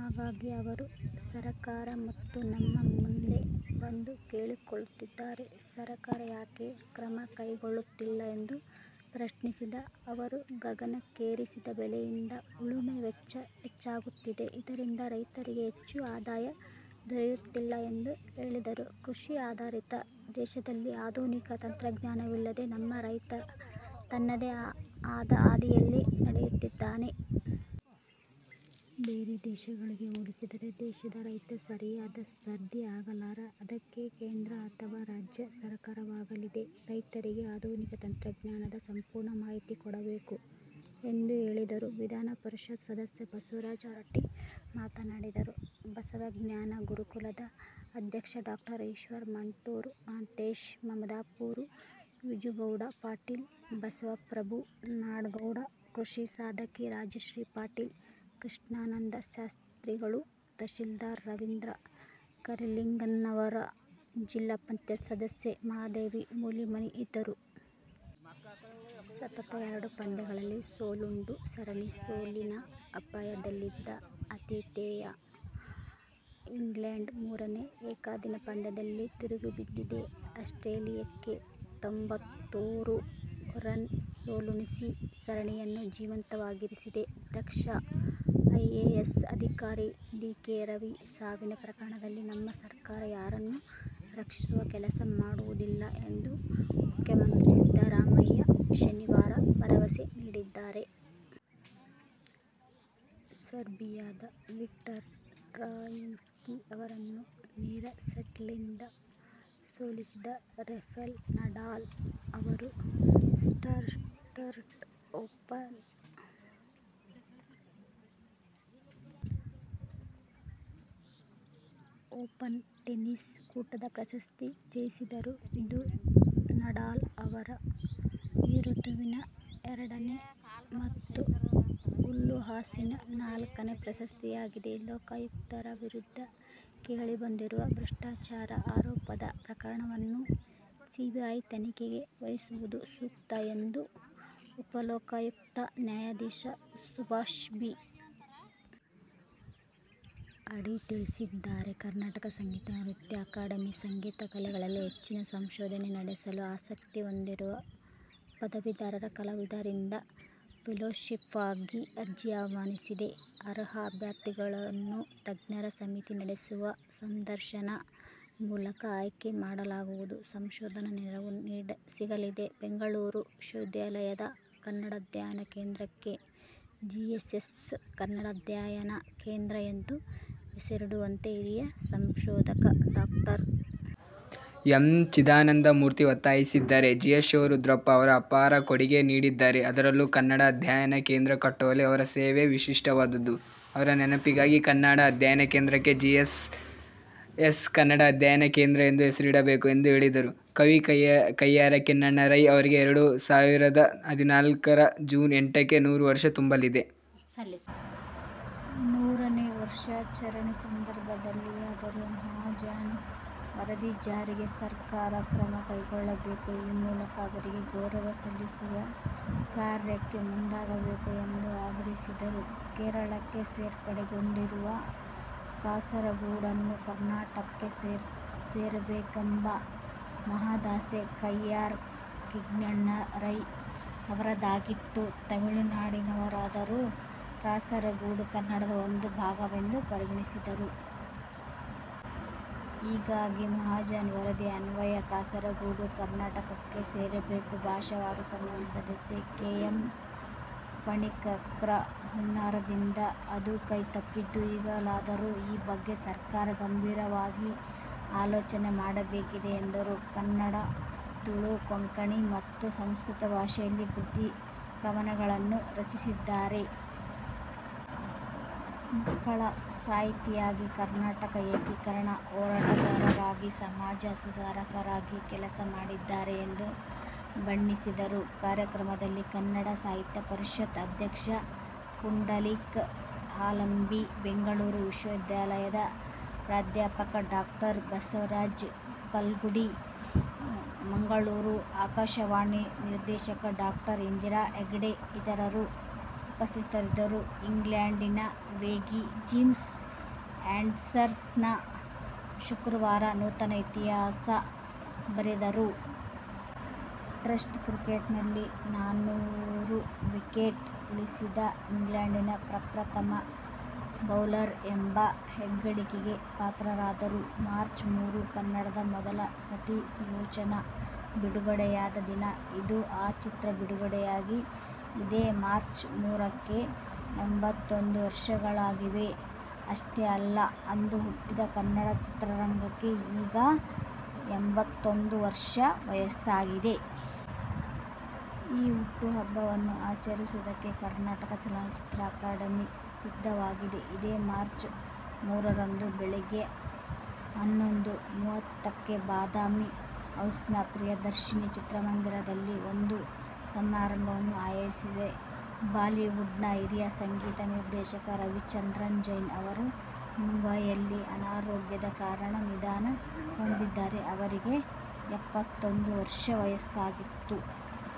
ಹಾಗಾಗಿ ಅವರು ಸರಕಾರ ಮತ್ತು ನಮ್ಮ ಮುಂದೆ ಬಂದು ಕೇಳಿಕೊಳ್ಳುತ್ತಿದ್ದಾರೆ. ಸರಕಾರ ಯಾಕೆ ಕ್ರಮ ಕೈಗೊಳ್ಳುತ್ತಿಲ್ಲ ಎಂದು ಪ್ರಶ್ನಿಸಿದ ಅವರು, ಗಗನಕ್ಕೇರಿದ ಬೆಲೆಯಿಂದ ಉಳುಮೆ ವೆಚ್ಚ ಹೆಚ್ಚಾಗುತ್ತಿದೆ. ಇದರಿಂದ ರೈತರಿಗೆ ಹೆಚ್ಚು ಆದಾಯ ದೊರೆಯುತ್ತಿಲ್ಲ ಎಂದು ಹೇಳಿದರು. ಕೃಷಿ ಆಧಾರಿತ ದೇಶದಲ್ಲಿ ಅಧುನಿಕ ತಂತ್ರಜ್ಞಾನವಿಲ್ಲದೇ ನಮ್ಮ ರೈತ ತನ್ನದೇ ಆದ ಹಾದಿಯಲ್ಲಿ ನಡೆಯುತ್ತಿದ್ದಾನೆ. ಬೇರೆ ದೇಶಗಳಿಗೆ ಹೋಲಿಸಿದರೆ ದೇಶದ ರೈತ ಸರಿಯಾದ ಸ್ಪರ್ಧಿ ಆಗಲಾರ. ಅದಕ್ಕೆ ಕೇಂದ್ರ ಅಥವಾ ರಾಜ್ಯ ಸರಕಾರವಾಗಲಿ ರೈತರಿಗೆ ಆಧುನಿಕ ತಂತ್ರಜ್ಞಾನದ ಸಂಪೂರ್ಣ ಮಾಹಿತಿ ಕೊಡಬೇಕು ಎಂದು ಹೇಳಿದರು. ವಿಧಾನ ಪರಿಷತ್ ಸದಸ್ಯ ಬಸವರಾಜ ಹೊರಟ್ಟಿ ಮಾತನಾಡಿದರು. ಬಸವಜ್ಞಾನ ಗುರುಕುಲದ ಅಧ್ಯಕ್ಷ ಡಾ ಈಶ್ವರ ಮಂಟೂರ, ಮಹಾಂತೇಶ ಮಮದಾಪುರ, ವಿಜುಗೌಡ ಪಾಟೀಲ, ಬಸವಪ್ರಭು ನಾಡಗೌಡ, ಕೃಷಿ ಸಾಧಕಿ ರಾಜಶ್ರೀ ಪಾಟೀಲ, ಕೃಷ್ಣಾನಂದ ಶಾಸ್ತ್ರಿಗಳು, ತಹಶೀಲ್ದಾರ ರವೀಂದ್ರ ಕರಿಲಿಂಗನ್ನವರ, ಜಿಪಂ ಸದಸ್ಯೆ ಮಹಾದೇವಿ ಮೂಲಿಮನಿ ಇದ್ದರು. ಸತತ ಎರಡು ಪಂದ್ಯಗಳಲ್ಲಿ ಸೋಲುಂಡು ಸರಣಿ ಸೋಲಿನ ಅಪಾಯದಲ್ಲಿದ್ದ ಆತಿಥೇಯ ಇಂಗ್ಲೆಂಡ್ ಮೂರನೇ ಏಕದಿನ ಪಂದ್ಯದಲ್ಲಿ ತಿರುಗಿ ಬಿದ್ದಿದೆ. ಆಸ್ಟ್ರೇಲಿಯಕ್ಕೆ ತೊಂಬತ್ಮೂರು ರನ್ ಸೋಲುಣಿಸಿ ಸರಣಿಯನ್ನು ಜೀವಂತವಾಗಿರಿಸಿದೆ. ದಕ್ಷ ಐಎಎಸ್ ಅಧಿಕಾರಿ ಡಿ. ಕೆ. ರವಿ ಸಾವಿನ ಪ್ರಕರಣದಲ್ಲಿ ನಮ್ಮ ಸರ್ಕಾರ ಯಾರನ್ನೂ ರಕ್ಷಿಸುವ ಕೆಲಸ ಮಾಡುವುದಿಲ್ಲ ಎಂದು ಮುಖ್ಯಮಂತ್ರಿ ಸಿದ್ದರಾಮಯ್ಯ ಶನಿವಾರ ಭರವಸೆ ನೀಡಿದ್ದಾರೆ. ಸರ್ಬಿಯಾದ ವಿಕ್ಟರ್ ಟ್ರಾಯಿಸ್ಕಿ ಅವರನ್ನು ನೇರ ಸೆಟ್ಗಳಿಂದ ಸೋಲಿಸಿದ ರಫೆಲ್ ನಡಾಲ್ ಅವರು ಸ್ಟಟ್ಗರ್ಟ್ ಓಪನ್ ಟೆನಿಸ್ ಕೂಟದ ಪ್ರಶಸ್ತಿ ಜಯಿಸಿದರು. ಇದು ನಡಾಲ್ ಅವರ ಈ ಋತುವಿನ ಎರಡನೇ ಮತ್ತು ಹುಲ್ಲುಹಾಸಿನ ನಾಲ್ಕನೇ ಪ್ರಶಸ್ತಿಯಾಗಿದೆ. ಲೋಕಾಯುಕ್ತರ ವಿರುದ್ಧ ಕೇಳಿಬಂದಿರುವ ಭ್ರಷ್ಟಾಚಾರ ಆರೋಪದ ಪ್ರಕರಣವನ್ನು ಸಿಬಿಐ ತನಿಖೆಗೆ ವಹಿಸುವುದು ಸೂಕ್ತ ಎಂದು ಉಪಲೋಕಾಯುಕ್ತ ನ್ಯಾಯಾಧೀಶ ಸುಭಾಷ್ ಬಿ. ಅಡಿ ತಿಳಿಸಿದ್ದಾರೆ. ಕರ್ನಾಟಕ ಸಂಗೀತ ನೃತ್ಯ ಅಕಾಡೆಮಿ ಸಂಗೀತ ಕಲೆಗಳಲ್ಲಿ ಹೆಚ್ಚಿನ ಸಂಶೋಧನೆ ನಡೆಸಲು ಆಸಕ್ತಿ ಹೊಂದಿರುವ ಪದವೀಧರ ಕಲಾವಿದರಿಂದ ಫೆಲೋಶಿಪ್ಗಾಗಿ ಅರ್ಜಿ ಆಹ್ವಾನಿಸಿದೆ. ಅರ್ಹ ಅಭ್ಯರ್ಥಿಗಳನ್ನು ತಜ್ಞರ ಸಮಿತಿ ನಡೆಸುವ ಸಂದರ್ಶನ ಮೂಲಕ ಆಯ್ಕೆ ಮಾಡಲಾಗುವುದು. ಸಂಶೋಧನಾ ನೆರವು ಸಿಗಲಿದೆ. ಬೆಂಗಳೂರು ವಿಶ್ವವಿದ್ಯಾಲಯದ ಕನ್ನಡ ಅಧ್ಯಯನ ಕೇಂದ್ರಕ್ಕೆ ''ಜಿಎಸ್ಎಸ್ ಕನ್ನಡ ಅಧ್ಯಯನ ಕೇಂದ್ರ'' ಎಂದು ಹೆಸರಿಡುವಂತೆ ಹಿರಿಯ ಸಂಶೋಧಕ ಡಾ. ಎಂ. ಚಿದಾನಂದ ಮೂರ್ತಿ ಒತ್ತಾಯಿಸಿದ್ದಾರೆ. ಜಿ. ಎಸ್. ಶಿವರುದ್ರಪ್ಪ ಅಪಾರ ಕೊಡುಗೆ ನೀಡಿದ್ದಾರೆ. ಅದರಲ್ಲೂ ಕನ್ನಡ ಅಧ್ಯಯನ ಕೇಂದ್ರ ಕಟ್ಟುವಲ್ಲಿ ಅವರ ಸೇವೆ ವಿಶಿಷ್ಟವಾದುದು. ಅವರ ನೆನಪಿಗಾಗಿ ಕನ್ನಡ ಅಧ್ಯಯನ ಕೇಂದ್ರಕ್ಕೆ ಜಿಎಸ್ಎಸ್ ಕನ್ನಡ ಅಧ್ಯಯನ ಕೇಂದ್ರ ಎಂದು ಹೆಸರಿಡಬೇಕು ಎಂದು ಹೇಳಿದರು. ಕವಿ ಕಯ್ನಾರ ಕಿಞ್ಞಣ್ಣ ರೈ ಅವರಿಗೆ ಎರಡು ಸಾವಿರದ ಹದಿನಾಲ್ಕರ ಜೂನ್ ಎಂಟಕ್ಕೆ ನೂರು ವರ್ಷ ತುಂಬಲಿದೆ. ನೂರನೇ ವರ್ಷಾಚರಣೆ ಸಂದರ್ಭದಲ್ಲಿಯಾದರೂ ಮಹಾಜನ್ ವರದಿ ಜಾರಿಗೆ ಸರ್ಕಾರ ಕ್ರಮ ಕೈಗೊಳ್ಳಬೇಕು. ಈ ಮೂಲಕ ಅವರಿಗೆ ಗೌರವ ಸಲ್ಲಿಸುವ ಕಾರ್ಯಕ್ಕೆ ಮುಂದಾಗಬೇಕು ಎಂದು ಆಗ್ರಹಿಸಿದರು. ಕೇರಳಕ್ಕೆ ಸೇರ್ಪಡೆಗೊಂಡಿರುವ ಕಾಸರಗೋಡನ್ನು ಕರ್ನಾಟಕಕ್ಕೆ ಸೇರಿಸಬೇಕೆಂಬ ಮಹಾದಾಸೆ ಕಯ್ನಾರ ಕಿಞ್ಞಣ್ಣ ರೈ ಅವರದ್ದಾಗಿತ್ತು. ತುಳುನಾಡಿನವರಾದರೂ ಕಾಸರಗೋಡು ಕನ್ನಡದ ಒಂದು ಭಾಗವೆಂದು ಪರಿಗಣಿಸಿದ್ದರು. ಹೀಗಾಗಿ ಮಹಾಜನ್ ವರದಿ ಅನ್ವಯ ಕಾಸರಗೋಡು ಕರ್ನಾಟಕಕ್ಕೆ ಸೇರಬೇಕು. ಭಾಷಾವಾರು ಸಮಿತಿ ಸದಸ್ಯ ಕೆ. ಎಂ. ಫಣಿಕ್ಕರ್ರ ಹುನ್ನಾರದಿಂದ ಅದು ಕೈತಪ್ಪಿದ್ದು, ಈಗಲಾದರೂ ಈ ಬಗ್ಗೆ ಸರ್ಕಾರ ಗಂಭೀರವಾಗಿ ಆಲೋಚನೆ ಮಾಡಬೇಕಿದೆ ಎಂದರು. ಕನ್ನಡ, ತುಳು, ಕೊಂಕಣಿ ಮತ್ತು ಸಂಸ್ಕೃತ ಭಾಷೆಯಲ್ಲಿ ಕೃತಿ, ಕವನಗಳನ್ನು ರಚಿಸಿದ್ದಾರೆ. ಮಕ್ಕಳ ಸಾಹಿತಿಯಾಗಿ, ಕರ್ನಾಟಕ ಏಕೀಕರಣ ಹೋರಾಟಗಾರರಾಗಿ, ಸಮಾಜ ಸುಧಾರಕರಾಗಿ ಕೆಲಸ ಮಾಡಿದ್ದಾರೆ ಎಂದು ಬಣ್ಣಿಸಿದರು. ಕಾರ್ಯಕ್ರಮದಲ್ಲಿ ಕನ್ನಡ ಸಾಹಿತ್ಯ ಪರಿಷತ್ ಅಧ್ಯಕ್ಷ ಪುಂಡಲೀಕ ಹಾಲಂಬಿ. ಬೆಂಗಳೂರು ವಿಶ್ವವಿದ್ಯಾಲಯದ ಪ್ರಾಧ್ಯಾಪಕ ಡಾ. ಬಸವರಾಜ ಕಲ್ಗುಡಿ, ಮಂಗಳೂರು ಆಕಾಶವಾಣಿ ನಿರ್ದೇಶಕ ಡಾ. ಇಂದಿರಾ ಹೆಗ್ಗಡೆ ಇತರರು ಉಪಸ್ಥಿತರಿದ್ದರು. ಇಂಗ್ಲೆಂಡಿನ ವೇಗಿ ಜೇಮ್ಸ್ ಆ್ಯಂಡರ್ಸನ್ ಶುಕ್ರವಾರ ನೂತನ ಇತಿಹಾಸ ಬರೆದರು. ಟೆಸ್ಟ್ ಕ್ರಿಕೆಟ್ನಲ್ಲಿ ನಾನೂರು ವಿಕೆಟ್ ಉರುಳಿಸಿದ ಇಂಗ್ಲೆಂಡಿನ ಪ್ರಪ್ರಥಮ ಬೌಲರ್ ಎಂಬ ಹೆಗ್ಗಳಿಕೆಗೆ ಪಾತ್ರರಾದರು. ಮಾರ್ಚ್ ಮೂರು, ಕನ್ನಡದ ಮೊದಲ "ಸತಿ ಸುಲೋಚನಾ' ಬಿಡುಗಡೆಯಾದ ದಿನ ಇದು. ಆ ಚಿತ್ರ ಬಿಡುಗಡೆಯಾಗಿ ಇದೇ ಮಾರ್ಚ್ ಮೂರಕ್ಕೆ ಎಂಬತ್ತೊಂದು ವರ್ಷಗಳಾಗಲಿವೆ. ಅಷ್ಟೇ ಅಲ್ಲ, ಅಂದು ಹುಟ್ಟಿದ ಕನ್ನಡ ಚಿತ್ರರಂಗಕ್ಕೆ ಈಗ ಎಂಬತ್ತೊಂದು ವರ್ಷ ವಯಸ್ಸಾಗಿದೆ. ಈ ಹುಟ್ಟುಹಬ್ಬವನ್ನು ಆಚರಿಸುವುದಕ್ಕೆ ಕರ್ನಾಟಕ ಚಲನಚಿತ್ರ ಅಕಾಡೆಮಿ ಸಿದ್ಧವಾಗಿದೆ. ಇದೇ ಮಾರ್ಚ್ ಮೂರರಂದು ಬೆಳಿಗ್ಗೆ ಹನ್ನೊಂದು ಮೂವತ್ತಕ್ಕೆ ಬಾದಾಮಿ ಹೌಸ್ನ ಪ್ರಿಯದರ್ಶಿನಿ ಚಿತ್ರಮಂದಿರದಲ್ಲಿ ಒಂದು ಸಮಾರಂಭವನ್ನು ಆಯೋಜಿಸಿದೆ. ಬಾಲಿವುಡ್ನ ಹಿರಿಯ ಸಂಗೀತ ನಿರ್ದೇಶಕ ರವೀಂದ್ರ ಜೈನ್ ಅವರು ಮುಂಬಯಿಯಲ್ಲಿ ಅನಾರೋಗ್ಯದ ಕಾರಣ ನಿಧನ ಹೊಂದಿದ್ದಾರೆ. ಅವರಿಗೆ ಎಪ್ಪತ್ತೊಂದು ವರ್ಷ ವಯಸ್ಸಾಗಿತ್ತು.